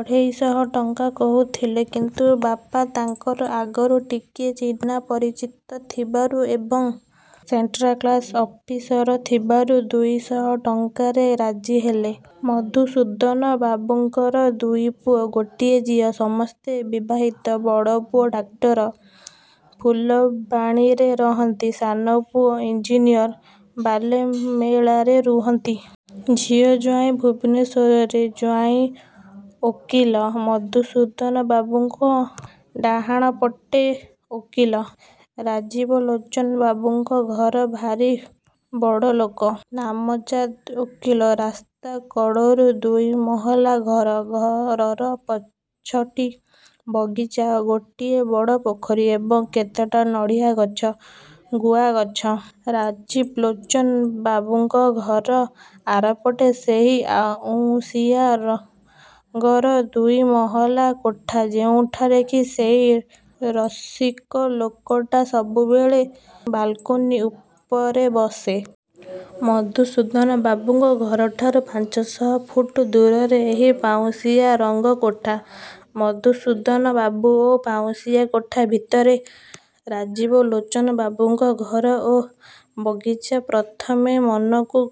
ଅଢ଼େଇଶହ ଟଙ୍କା କହୁଥିଲେ। କିନ୍ତୁ ବାପା ତାଙ୍କର ଆଗରୁ ଟିକେ ଚିହ୍ନା ପରିଚିତ ଥିବାରୁ ଏବଂ ସେଲ୍ଟ୍ୟାକସ୍ ଅଫିସର ଥିବାରୁ ଦୁଇଶହ ଟଙ୍କାରେ ରାଜି ହେଲେ। ମଧୁସୂଦନବାବୁଙ୍କର ଦୁଇପୁଅ, ଗୋଟିଏ ଝିଅ ସମସ୍ତେ ବିବାହିତ। ବଡ଼ପୁଅ ଡାକ୍ତର ଫୁଲବାଣୀରେ ରହନ୍ତି। ସାନ ପୁଅ ଇଞ୍ଜିନିୟର ବାଲିମେଳାରେ ରୁହନ୍ତି। ଝିଅଜ୍ୱାଇଁ ଭୁବନେଶ୍ୱରରେ, ଜ୍ୱାଇଁ ଓକିଲ। ମଧୁସୂଦନବାବୁଙ୍କ ଡାହାଣ ପଟେ ଓକିଲ ରାଜୀବଲୋଚନବାବୁଙ୍କ ଘର। ଭାରି ବଡ଼ଲୋକ, ନାମଜାଦା ଓକିଲ। ରାସ୍ତା କଡ଼କୁ ଦୁଇ ମହଲା ଘର। ଘରର ପଛପଟେ ବଗିଚା ଓ ଗୋଟିଏ ବଡ଼ ପୋଖରୀ ଏବଂ କେତେଟା ନଡ଼ିଆ ଗଛ, ଗୁଆଗଛ। ରାଜୀବଲୋଚନବାବୁଙ୍କ ଘର ଆରପଟେ ସେହି ପାଉଁଶିଆ ରଙ୍ଗର ଦୁଇମହଲା କୋଠା ଯେଉଁଠାରେ କି ସେହି ରସିକ ଲୋକଟା ସବୁବେଳେ ବାଲକୋନି ଉପରେ ବସେ। ମଧୁସୂଦନ ବାବୁଙ୍କ ଘରଠାରୁ ପାଞ୍ଚଶହ ଫୁଟ ଦୂରରେ ଏହି ପାଉଁଶିଆ ରଙ୍ଗ କୋଠା। ମଧୁସୂଦନ ବାବୁ ଓ ପାଉଁଶିଆ କୋଠା ଭିତରେ ରାଜୀବଲୋଚନବାବୁଙ୍କ ଘର ଓ ବଗିଚା। ପ୍ରଥମେ ମନକୁ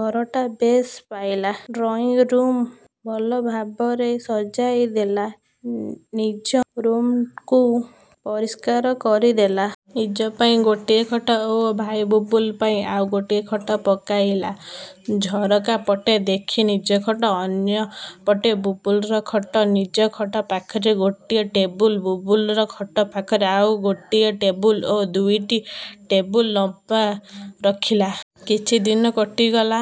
ଘରଟା ବେଶ୍ ପାଇଲା। ଡ୍ରଇଁ ରୁମ୍ଟା ଭଲଭାବରେ ସଜାଇ ଦେଲା। ନିଜ ରୁମ୍ଟିକୁ ପରିଷ୍କାର କରିଦେଲା। ନିଜ ପାଇଁ ଗୋଟିଏ ଖଟ ଓ ଭାଇ ବୁବୁଲୁ ପାଇଁ ଆଉ ଗୋଟିଏ ଖଟ ପକାଇଲା। ଝରକା ପଟ ଦେଖି ନିଜ ଖଟ, ଅନ୍ୟ ପଟେ ବୁବୁଲୁର ଖଟ। ନିଜ ଖଟ ପାଖରେ ଗୋଟିଏ ଟେବୁଲ। ବୁବୁଲ ଖଟ ପାଖରେ ଆଉ ଗୋଟିଏ ଟେବୁଲ ଓ ଦୁଇଟି ଟେବୁଲ୍ ଲ୍ୟାମ୍ପ ରଖିଲା। କିଛିଦିନ କଟିଗଲା।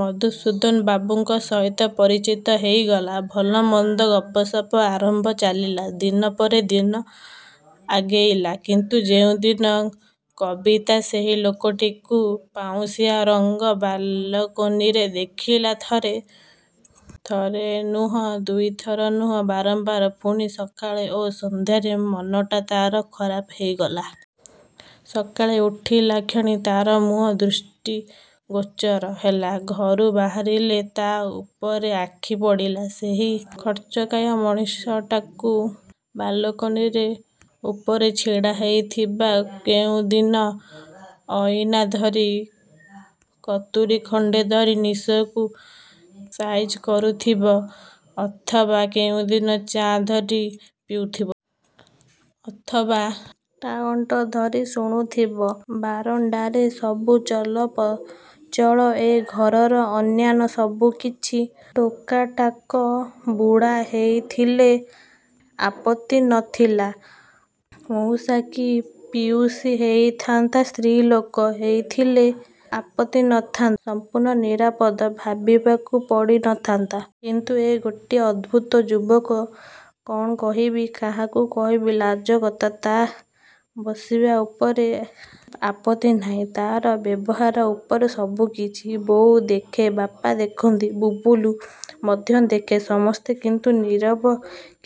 ମଧୁସୂଦନବାବୁଙ୍କ ସହିତ ପରିଚିତ ହୋଇଗଲା। ଭଲ ମନ୍ଦ ଗପ ସପ ଆରମ୍ଭ ଚାଲିଲା। ଦିନ ପରେ ଦିନ ଆଗେଇଲା। କିନ୍ତୁ ଯେଉଁ ଦିନ କବିତା ସେହି ଲୋକଟିକୁ ପାଉଁଶିଆ ରଙ୍ଗ ବାଲକୋନିରେ ଦେଖିଲା ଥରେ ନୁହେଁ ଦୁଇଥର ନୁହେଁ ବାରମ୍ୱାର, ପୁଣି ସକାଳ ଓ ସନ୍ଧ୍ୟାରେ ମନଟା ତା'ର ଖରାପ ହୋଇଗଲା। ସକାଳେ ଉଠିଲା କ୍ଷଣି ତା'ର ମୁହଁ ଦୃଷ୍ଟିଗୋଚର ହେଲା। ଘରୁ ବାହାରିଲେ ତା' ଉପରେ ଆଖି ପଡ଼ିଲା। ସେହି ଖର୍ବକାୟ ଅମଣିଷଟା ବାଲକୋନି ଉପରେ ଛିଡ଼ା ହୋଇଥିବ। କେଉଁଦିନ ଅଇନା ଧରି କତୁରି ଖଣ୍ଡେ ଧରି ନିଶକୁ ସାଇଜ କରୁଥିବ। ଅଥବା କେଉଁ ଦିନ ଚା' ଧରି ପିଉଥିବ। ଅଥବା ଟ୍ରାଞ୍ଜିଷ୍ଟର ଧରି ଶୁଣୁଥିବ। ବାରଣ୍ଡାରେ ସବୁ ଚଳପ୍ରଚଳ, ଏ ଘରର ଅନ୍ୟାନ୍ୟ ସବୁ କିଛି। ଟୋକାଟାଏ, ବୁଢ଼ା ହୋଇଥିଲେ ଆପତ୍ତି ନ ଥିଲା। ମଉସା କି ପିଉସା ହୋଇଥାନ୍ତା। ସ୍ତ୍ରୀ ଲୋକ ହୋଇଥିଲେ ଆପତ୍ତି ନ ଥାନ୍ତା, ସମ୍ପୂର୍ଣ୍ଣ ନିରାପଦ। ଭାବିବାକୁ ପଡ଼ି ନ ଥାନ୍ତା। କିନ୍ତୁ ଏ ଗୋଟାଏ ଅଦ୍ଭୁତ ଯୁବକ। କ'ଣ କହିବ, କାହାକୁ କହିବ, ଲାଜକଥା। ତା' ବସିବା ଉପରେ ଆପତ୍ତି ନାହିଁ। ତା'ର ବ୍ୟବହାର ଉପରେ ସବୁକିଛି। ବୋଉ ଦେଖେ ବାପା ଦେଖନ୍ତି। ବୁବୁଲୁ ମଧ୍ୟ ଦେଖେ ସମସ୍ତେ କିନ୍ତୁ ନୀରବ।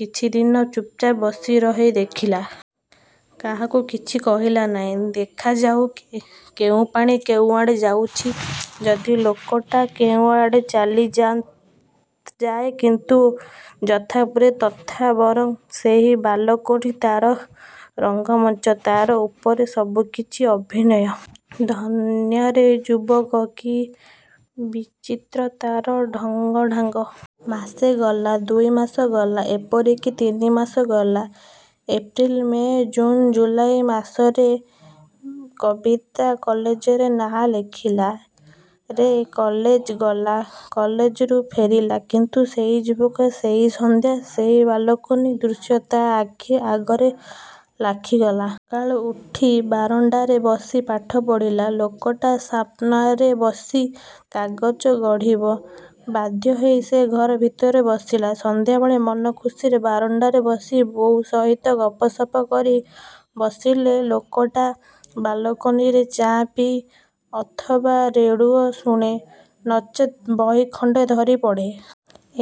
କିଛିଦିନ ଚୁପ୍ଚାପ୍ ବସି ରହି ଦେଖିଲା। କାହାକୁ କିଛି କହିଲା ନାହିଁ। ଦେଖାଯାଉ କେଉଁପାଣି କେଉଁ ଆଡ଼େ ଯାଉଛି। ଯଦି ଲୋକଟା କେଉଁଆଡ଼େ ଚାଲି ଯାଏ କିନ୍ତୁ ଯଥା ପୂର୍ବଂ ତଥା ପରଂ। ସେହି ବାଲକୋନି ତା'ର ରଙ୍ଗମଞ୍ଚ। ତା'ରି ଉପରେ ସବୁ କିଛି ଅଭିନୟ। ଧନ୍ୟରେ ଯୁବକ। କି ବିଚିତ୍ର ତା'ର ଢଙ୍ଗଢ଼ାଙ୍ଗ। ମାସେ ଗଲା, ଦୁଇମାସ ଗଲା; ଏପରିକି ତିନିମାସ ଗଲା। ଏପ୍ରିଲ, ମେ, ଜୁନ, ଜୁଲାଇ ମାସରେ କବିତା କଲେଜରେ ନାଁ ଲେଖିଲା ରେ। କଲେଜ ଗଲା। କଲେଜରୁ ଫେରିଲା। କିନ୍ତୁ ସେହି ଯୁବକ, ସେହି ସନ୍ଧ୍ୟା, ସେହି ବାଲକୋନି ଦୃଶ୍ୟ ତା' ଆଖି ଆଗରେ ଲାଖିଗଲା। ସକାଳୁ ଉଠି ବାରଣ୍ଡାରେ ବସି ପାଠ ପଢ଼ିଲେ, ଲୋକଟା ସାମନାରେ ବସି କାଗଜ ପଢ଼ିବ। ବାଧ୍ୟହୋଇ ସେ ଘର ଭିତରେ ବସିବ। ସନ୍ଧ୍ୟାବେଳେ ମନ ଖୁସିରେ ବାରଣ୍ଡାରେ ବସି ବୋଉ ସହିତ ଗପସପ କରି ବସିଲେ ଲୋକଟା ବାଲକୋନିରେ ଚା' ପିଏ, ଅଥବା ରେଡ଼ିଓ ଶୁଣେ; ନଚେତ୍ ବହି ଖଣ୍ଡେ ଧରି ପଢ଼େ।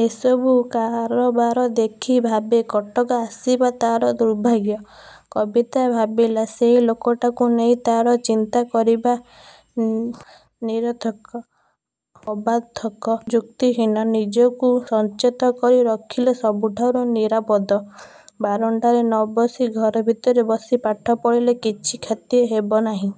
ଏ ସବୁ କାରବାର ଦେଖି ଭାବେ କଟକ ଆସିବା ତା'ର ଦୁର୍ଭାଗ୍ୟ। କବିତା ଭାବିଲା ସେଇ ଲୋକଟାକୁ ନେଇ ତା'ର ଚିନ୍ତା କରିବା ନିରର୍ଥକ, ଅବାନ୍ତର, ଯୁକ୍ତିହୀନ। ନିଜକୁ ସଞ୍ଜତ କରି ରଖିଲେ ସବୁଠାରୁ ନିରାପଦ। ବାରଣ୍ଡାରେ ନ ବସି ଘର ଭିତରେ ବସି ପାଠ ପଢ଼ିଲେ କିଛି କ୍ଷତି ହେବନାହିଁ।